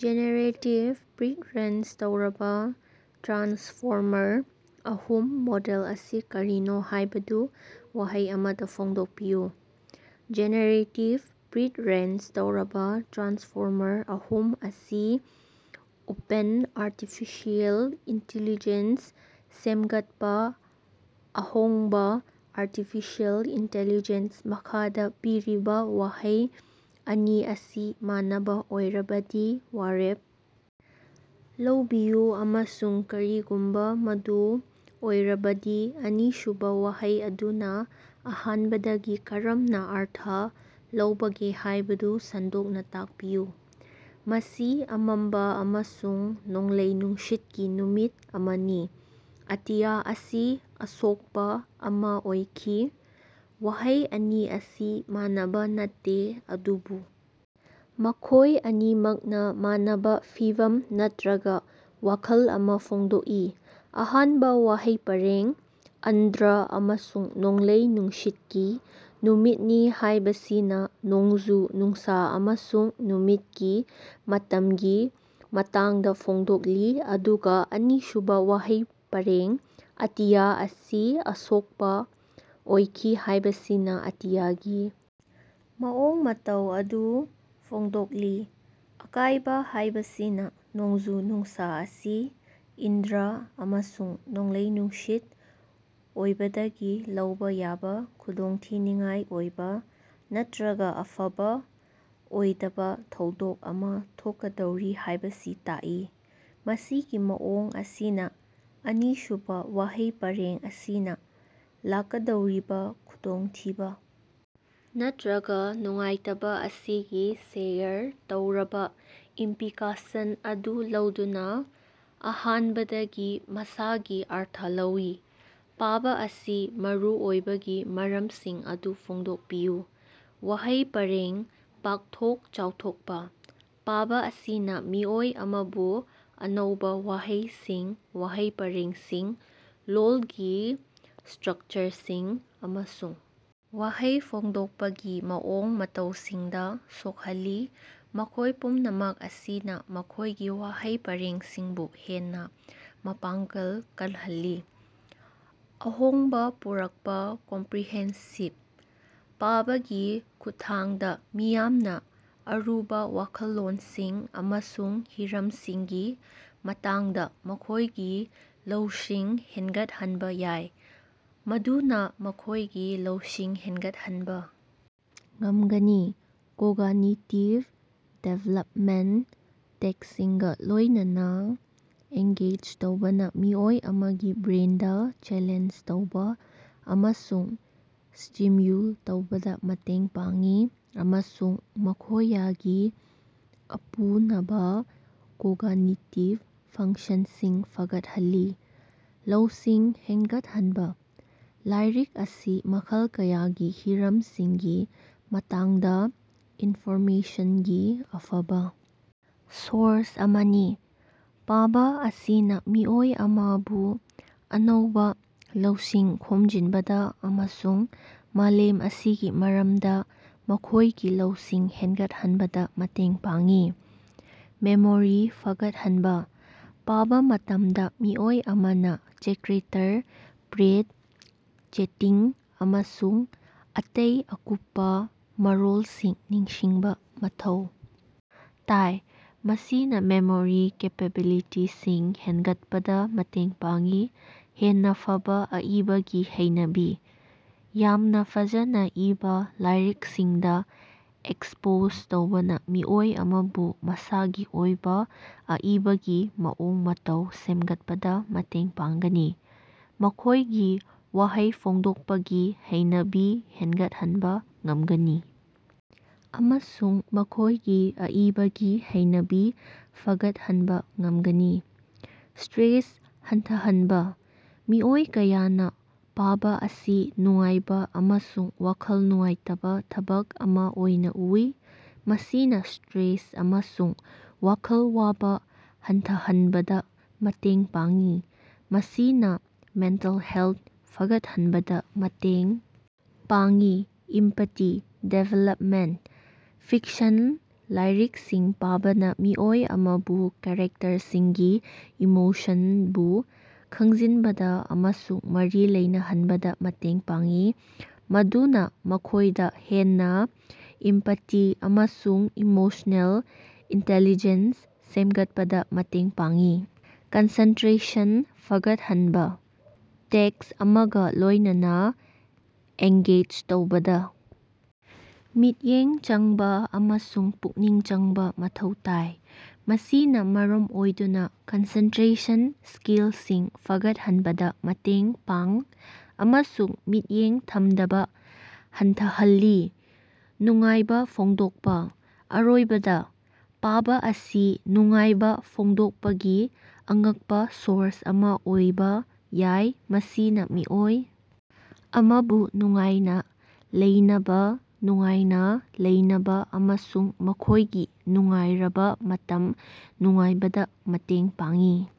Generative pretrain ꯇꯧꯔꯕ transformer ꯑꯍꯨꯝ model ꯑꯁꯤ ꯀꯔꯤꯅꯣ ꯍꯥꯏꯕꯗꯨ ꯋꯥꯍꯩ ꯑꯃꯗ ꯐꯣꯡꯗꯣꯛꯄꯤꯌꯨ꯫ ꯖꯦꯅꯦꯔꯦꯇꯤꯕ ꯄ꯭ꯔꯤꯠꯔꯦꯏꯟ ꯇꯧꯔꯕꯥ ꯇ꯭ꯔꯥꯟꯁꯐꯣꯔꯃꯔ ꯑꯍꯨꯝ ꯑꯁꯤ ꯑꯣꯄꯦꯟ ꯑꯥꯔꯇꯤꯐꯤꯁꯤꯑꯦꯜ ꯏꯟꯇꯤꯂꯤꯖ‌ꯦꯟꯁ ꯁꯦꯝꯒꯠꯄ ꯑꯍꯣꯡꯕ ꯑꯥꯔꯇꯤꯐꯤꯁꯤꯑꯦꯜ ꯏꯟꯇꯤꯂꯤꯖ‌ꯦꯟꯁ ꯃꯈꯥꯗ ꯄꯤꯔꯤꯕ ꯋꯥꯍꯩ ꯑꯅꯤ ꯑꯁꯤ ꯃꯥꯟꯅꯕ ꯑꯣꯏꯔꯕꯗꯤ ꯋꯥꯔꯦꯞ ꯂꯧꯕꯤꯌꯨ, ꯑꯃꯁꯨꯡ ꯀꯔꯤꯒꯨꯝꯕ ꯃꯗꯨ ꯑꯣꯏꯔꯕꯗꯤ ꯑꯅꯤꯁꯨꯕ ꯋꯥꯍꯩ ꯑꯗꯨꯅ ꯑꯍꯥꯟꯕꯗꯒꯤ ꯀꯔꯝꯅ ꯑꯔꯊ ꯂꯧꯕꯒꯦ ꯍꯥꯏꯕꯗꯨ ꯁꯟꯗꯣꯛꯅ ꯇꯥꯛꯄꯤꯌꯨ꯫ ꯃꯁꯤ ꯑꯃꯝꯕ ꯑꯃꯁꯨꯡ ꯅꯣꯡꯂꯩ ꯅꯨꯡꯁꯤꯠꯀꯤ ꯅꯨꯃꯤꯠ ꯑꯃꯅꯤ꯫ ꯑꯇꯤꯌꯥ ꯑꯁꯤ ꯑꯁꯣꯛꯄ ꯑꯃꯥ ꯑꯣꯏꯈꯤ꯫ ꯋꯥꯍꯩ ꯑꯅꯤ ꯑꯁꯤ ꯃꯥꯟꯅꯕ ꯅꯠꯇꯦ ꯑꯗꯨꯕꯨ ꯃꯈꯣꯏ ꯑꯅꯤꯃꯛꯅ ꯃꯥꯟꯅꯕ ꯐꯤꯚꯝ ꯅꯠꯇꯔꯒ ꯋꯥꯈꯜ ꯑꯃ ꯐꯣꯡꯗꯣꯛꯏ꯫ ꯑꯍꯥꯟꯕ ꯋꯥꯍꯩ ꯄꯔꯦꯡ ꯑꯟꯙ꯭ꯔ ꯑꯃꯁꯨꯡ ꯅꯣꯡꯂꯩ ꯅꯨꯡꯁꯤꯠꯀꯤ ꯅꯨꯃꯤꯠꯅꯤ ꯍꯥꯏꯕꯁꯤꯅ ꯅꯣꯡꯖꯨ-ꯅꯨꯡꯁꯥ ꯑꯃꯁꯨꯡ ꯅꯨꯃꯤꯠꯀꯤ ꯃꯇꯝꯒꯤ ꯃꯇꯥꯡꯗ ꯐꯣꯡꯗꯣꯛꯂꯤ ꯑꯗꯨꯒ ꯑꯅꯤꯁꯨꯕ ꯋꯥꯍꯩ ꯄꯔꯦꯡ ꯑꯇꯤꯌꯥ ꯑꯁꯤ ꯑꯁꯣꯛꯄ ꯑꯣꯏꯈꯤ ꯍꯥꯏꯕꯁꯤꯅ ꯑꯇꯤꯌꯥꯒꯤ ꯃꯑꯣꯡ ꯃꯇꯧ ꯑꯗꯨ ꯐꯣꯡꯗꯣꯛꯂꯤ꯫ ꯑꯀꯥꯏꯕ ꯍꯥꯏꯕꯁꯤꯅ ꯅꯣꯡꯖꯨ-ꯅꯨꯡꯁꯥ ꯑꯁꯤ ꯑꯟꯙ꯭ꯔ ꯑꯃꯁꯨꯡ ꯅꯣꯡꯂꯩ-ꯅꯨꯡꯁꯤꯠ ꯑꯣꯏꯕꯗꯒꯤ ꯂꯧꯕꯥ ꯌꯥꯕ ꯈꯨꯗꯣꯡꯊꯤꯅꯤꯡꯉꯥꯏ ꯑꯣꯏꯕ ꯅꯠꯇꯔꯒ ꯑꯐꯕ ꯑꯣꯏꯗꯕ ꯊꯧꯗꯣꯛ ꯑꯃꯥ ꯊꯣꯛꯀꯗꯧꯔꯤ ꯍꯥꯏꯕꯁꯤ ꯇꯥꯛꯏ꯫ ꯃꯁꯤꯒꯤ ꯃꯑꯣꯡ ꯑꯁꯤꯅ ꯑꯅꯤꯁꯨꯕ ꯋꯥꯍꯩ ꯄꯔꯦꯡ ꯑꯁꯤꯅ ꯂꯥꯛꯀꯗꯧꯔꯤꯕ ꯈꯨꯗꯣꯡꯊꯤꯕ ꯅꯠꯇꯔꯒ ꯅꯨꯡꯉꯥꯏꯇꯕ ꯑꯁꯤꯒꯤ ꯁꯦꯌꯔ ꯇꯧꯔꯕ ꯏꯝꯄꯤꯀꯁꯟ ꯑꯗꯨ ꯂꯧꯗꯨꯅ ꯑꯍꯥꯟꯕꯗꯒꯤ ꯃꯁꯥꯒꯤ ꯑꯔꯊ ꯂꯧꯏ꯫ ꯄꯥꯕ ꯑꯁꯤ ꯃꯔꯨꯑꯣꯏꯕꯒꯤ ꯃꯔꯝꯁꯤꯡ ꯑꯗꯨ ꯐꯣꯡꯗꯣꯛꯄꯤꯌꯨ꯫ ꯋꯥꯍꯩ ꯄꯔꯦꯡ ꯄꯥꯛꯊꯣꯛ ꯆꯥꯎꯊꯣꯛꯄꯥ: ꯄꯥꯕ ꯑꯁꯤꯅ ꯃꯤꯑꯣꯏ ꯑꯃꯕꯨ ꯑꯅꯧꯕ ꯋꯥꯍꯩꯁꯤꯡ, ꯋꯥꯍꯩ ꯄꯔꯦꯡꯁꯤꯡ, ꯂꯣꯜꯒꯤ ꯁ꯭ꯇꯔꯛꯆꯔꯁꯤꯡ, ꯑꯃꯁꯨꯡ ꯋꯥꯍꯩ ꯐꯣꯡꯗꯣꯛꯄꯒꯤ ꯃꯑꯣꯡ ꯃꯇꯧꯁꯤꯡꯗ ꯁꯣꯛꯍꯜꯂꯤ, ꯃꯈꯣꯏ ꯄꯨꯝꯅꯃꯛ ꯑꯁꯤꯅ ꯃꯈꯣꯏꯒꯤ ꯋꯥꯍꯩ ꯄꯔꯦꯡꯁꯤꯡꯕꯨ ꯍꯦꯟꯅ ꯃꯄꯥꯡꯒꯜ ꯀꯜꯍꯜꯂꯤ꯫ ꯑꯍꯣꯡꯕ ꯄꯨꯔꯛꯄ ꯀꯝꯄ꯭ꯔꯦꯍꯦꯟꯁꯤꯕ: ꯄꯥꯕꯒꯤ ꯈꯨꯠꯊꯥꯡꯗ ꯃꯤꯌꯥꯝꯅ ꯑꯔꯨꯕ ꯋꯥꯈꯜꯂꯣꯟꯁꯤꯡ ꯑꯃꯁꯨꯡ ꯍꯤꯔꯝꯁꯤꯡꯒꯤ ꯃꯇꯥꯡꯗ ꯃꯈꯣꯏꯒꯤ ꯂꯧꯁꯤꯡ ꯍꯦꯟꯒꯠꯍꯟꯕ ꯌꯥꯏ, ꯃꯗꯨꯅ ꯃꯈꯣꯏꯒꯤ ꯂꯧꯁꯤꯡ ꯍꯦꯟꯒꯠꯍꯟꯕ ꯉꯝꯒꯅꯤ꯫ ꯀꯣꯒꯅꯤꯇꯤꯚ ꯗꯤꯚꯦꯂꯞꯃꯦꯟꯇ: ꯇꯦꯛꯁꯁꯤꯡꯒ ꯂꯣꯏꯅꯅ ꯑꯦꯡꯒꯦꯖ ꯇꯧꯕꯅ ꯃꯤꯑꯣꯏ ꯑꯃꯒꯤ ꯕ꯭ꯔꯦꯟꯗ ꯆꯦꯂꯦꯟꯖ ꯇꯧꯕ ꯑꯃꯁꯨꯡ ꯁ꯭ꯇꯤꯝꯌꯨꯜ ꯇꯧꯕꯗꯥ ꯃꯇꯦꯡ ꯄꯥꯡꯏ ꯑꯃꯁꯨꯡ ꯃꯈꯣꯌꯒꯤ ꯑꯄꯨꯅꯕꯥ ꯀꯣꯒꯅꯤꯇꯤꯚ ꯐꯪꯁꯟꯁꯤꯡ ꯐꯒꯠꯍꯜꯂꯤ꯫ ꯂꯧꯁꯤꯡ ꯍꯦꯟꯒꯠꯍꯟꯕ: ꯂꯥꯏꯔꯤꯛ ꯑꯁꯤ ꯃꯈꯜ ꯀꯌꯥꯒꯤ ꯍꯤꯔꯝꯁꯤꯡꯒꯤ ꯃꯇꯥꯡꯗ ꯏꯟꯐꯣꯔꯃꯦꯁꯟꯒꯤ ꯑꯐꯕ ꯁꯣꯔꯁ ꯑꯃꯅꯤ꯫ ꯄꯥꯕ ꯑꯁꯤꯅ ꯃꯤꯑꯣꯏ ꯑꯃꯕꯨ ꯑꯅꯧꯕ ꯂꯧꯁꯤꯡ ꯈꯣꯝꯖꯤꯟꯕꯗ ꯑꯃꯁꯨꯡ ꯃꯥꯂꯦꯝ ꯑꯁꯤꯒꯤ ꯃꯔꯝꯗ ꯃꯈꯣꯏꯒꯤ ꯂꯧꯁꯤꯡ ꯍꯦꯟꯒꯠꯍꯟꯕꯗ ꯃꯇꯦꯡ ꯄꯥꯡꯏ꯫ ꯃꯦꯃꯣꯔꯤ ꯐꯒꯠꯍꯟꯕꯥ: ꯄꯥꯕꯥ ꯃꯇꯝꯗ ꯃꯤꯑꯣꯏ ꯑꯃꯅ ꯆꯦꯀꯔꯦꯇꯔ, ꯄ꯭ꯂꯠ, ꯁꯦꯇꯤꯡ ꯑꯃꯁꯨꯡ ꯑꯇꯩ ꯑꯀꯨꯞꯄꯥ ꯃꯔꯣꯜꯁꯤꯡ ꯅꯤꯡꯁꯤꯡꯕ ꯃꯊꯧ ꯇꯥꯏ, ꯃꯁꯤꯅ ꯃꯦꯃꯣꯔꯤ ꯀꯦꯄꯦꯕꯤꯂꯤꯇꯤꯁꯤꯡ ꯍꯦꯟꯒꯠꯍꯟꯕꯗ ꯃꯇꯦꯡ ꯄꯥꯡꯏ꯫ ꯍꯦꯟꯅ ꯐꯕ ꯑꯏꯕꯒꯤ ꯍꯩꯅꯕꯤ: ꯌꯥꯝꯅ ꯐꯖꯅ ꯏꯕꯥ ꯂꯥꯏꯔꯤꯡꯁꯤꯡꯗ ꯑꯦꯛꯁꯄꯣꯖ ꯇꯧꯕꯅ ꯃꯤꯑꯣꯏ ꯑꯃꯕꯨ ꯃꯁꯥꯒꯤ ꯑꯣꯏꯕ ꯑꯏꯕꯒꯤ ꯃꯑꯣꯡ ꯃꯇꯧ ꯁꯦꯝꯒꯠꯄꯗ ꯃꯇꯦꯡ ꯄꯥꯡꯒꯅꯤ, ꯃꯈꯣꯏꯒꯤ ꯋꯥꯍꯩ ꯐꯣꯡꯗꯣꯛꯄꯒꯤ ꯍꯩꯅꯕꯤ ꯍꯦꯟꯒꯠꯍꯟꯕ ꯉꯝꯒꯅꯤ ꯑꯃꯁꯨꯡ ꯃꯈꯣꯏꯒꯤ ꯑꯏꯕꯒꯤ ꯍꯩꯅꯕꯤ ꯐꯒꯠꯍꯟꯕꯥ ꯉꯝꯒꯅꯤ꯫ ꯁ꯭ꯇꯔꯦꯁ ꯍꯟꯊꯍꯟꯕ: ꯃꯤꯑꯣꯏ ꯀꯌꯥꯅ ꯄꯥꯕ ꯑꯁꯤ ꯅꯨꯡꯉꯥꯏꯕ ꯑꯃꯁꯨꯡ ꯋꯥꯈꯜ ꯅꯨꯡꯉꯥꯏꯇꯕ ꯊꯕꯛ ꯑꯃ ꯑꯣꯏꯅ ꯎꯏ, ꯃꯁꯤꯅ ꯁ꯭ꯇꯔꯦꯁ ꯑꯃꯁꯨꯡ ꯋꯥꯈꯜ ꯋꯥꯕ ꯍꯟꯊꯍꯟꯕꯗ ꯃꯇꯦꯡ ꯄꯥꯡꯏ, ꯃꯁꯤꯅ ꯃꯦꯟꯇꯦꯜ ꯍꯦꯜꯊ ꯐꯒꯠꯍꯟꯕꯗ ꯃꯇꯦꯡ ꯄꯥꯡꯏ꯫ ꯏꯝꯄꯥꯇꯤ ꯗꯤꯚꯦꯂꯞꯃꯦꯟꯇ: ꯐꯤꯛꯁꯟ ꯂꯥꯏꯔꯤꯛꯁꯤꯡ ꯄꯥꯕꯅ ꯃꯤꯑꯣꯏ ꯑꯃꯕꯨ ꯀꯦꯔꯦꯛꯇꯔꯁꯤꯡꯒꯤ ꯏꯃꯣꯁꯟꯁꯤꯡꯕꯨ ꯈꯪꯖꯤꯟꯕꯗ ꯑꯃꯁꯨꯡ ꯃꯔꯤ ꯂꯩꯅꯍꯟꯕꯗ ꯃꯇꯦꯡ ꯄꯥꯡꯏ, ꯃꯗꯨꯅ ꯃꯈꯣꯏꯗ ꯍꯦꯟꯅ ꯏꯝꯄꯥꯇꯤ ꯑꯃꯁꯨꯡ ꯏꯃꯣꯁꯅꯦꯜ ꯏꯟꯇꯦꯂꯤꯖꯦꯟꯁ ꯁꯦꯝꯒꯠꯄꯗ ꯃꯇꯦꯡ ꯄꯥꯡꯏ꯫ ꯀꯟꯁꯦꯟꯇꯔꯦꯁꯟ ꯐꯒꯠꯍꯟꯕ: ꯇꯦꯛꯁ ꯑꯃꯒ ꯂꯣꯏꯅꯅ ꯑꯦꯡꯒꯦꯖ ꯇꯧꯕꯗ ꯃꯤꯠꯌꯦꯡ ꯆꯪꯕ ꯑꯃꯁꯨꯡ ꯄꯨꯛꯅꯤꯡ ꯆꯪꯕ ꯃꯊꯧ ꯇꯥꯏ, ꯃꯁꯤꯅ ꯃꯔꯝ ꯑꯣꯏꯗꯨꯅ ꯀꯟꯁꯦꯟꯇ꯭ꯔꯦꯁꯟ ꯁ꯭ꯀꯤꯜꯁꯤꯡ ꯐꯒꯠꯍꯟꯕꯗ ꯃꯇꯦꯡ ꯄꯥꯡ ꯑꯃꯁꯨꯡ ꯃꯤꯠꯌꯦꯡ ꯊꯝꯗꯕ ꯍꯟꯊꯍꯜꯂꯤ꯫ ꯅꯨꯡꯉꯥꯏꯕꯥ ꯐꯣꯡꯗꯣꯛꯄ: ꯑꯔꯣꯏꯕꯗ, ꯄꯥꯕ ꯑꯁꯤ ꯅꯨꯡꯉꯥꯏꯕ ꯐꯣꯡꯗꯣꯛꯄꯒꯤ ꯑꯉꯛꯄ ꯁꯣꯔꯁ ꯑꯃ ꯑꯣꯏꯕ ꯌꯥꯏ, ꯃꯁꯤꯅ ꯃꯤꯑꯣꯏ ꯑꯃꯕꯨ ꯅꯨꯡꯉꯥꯏꯅ ꯂꯩꯅꯕ, ꯅꯨꯡꯉꯥꯏꯅ ꯂꯩꯅꯕ ꯑꯃꯁꯨꯡ ꯃꯈꯣꯏꯒꯤ ꯅꯨꯡꯉꯥꯏꯔꯕ ꯃꯇꯝ ꯅꯨꯡꯉꯥꯏꯕꯗ ꯃꯇꯦꯡ ꯄꯥꯡꯏ꯫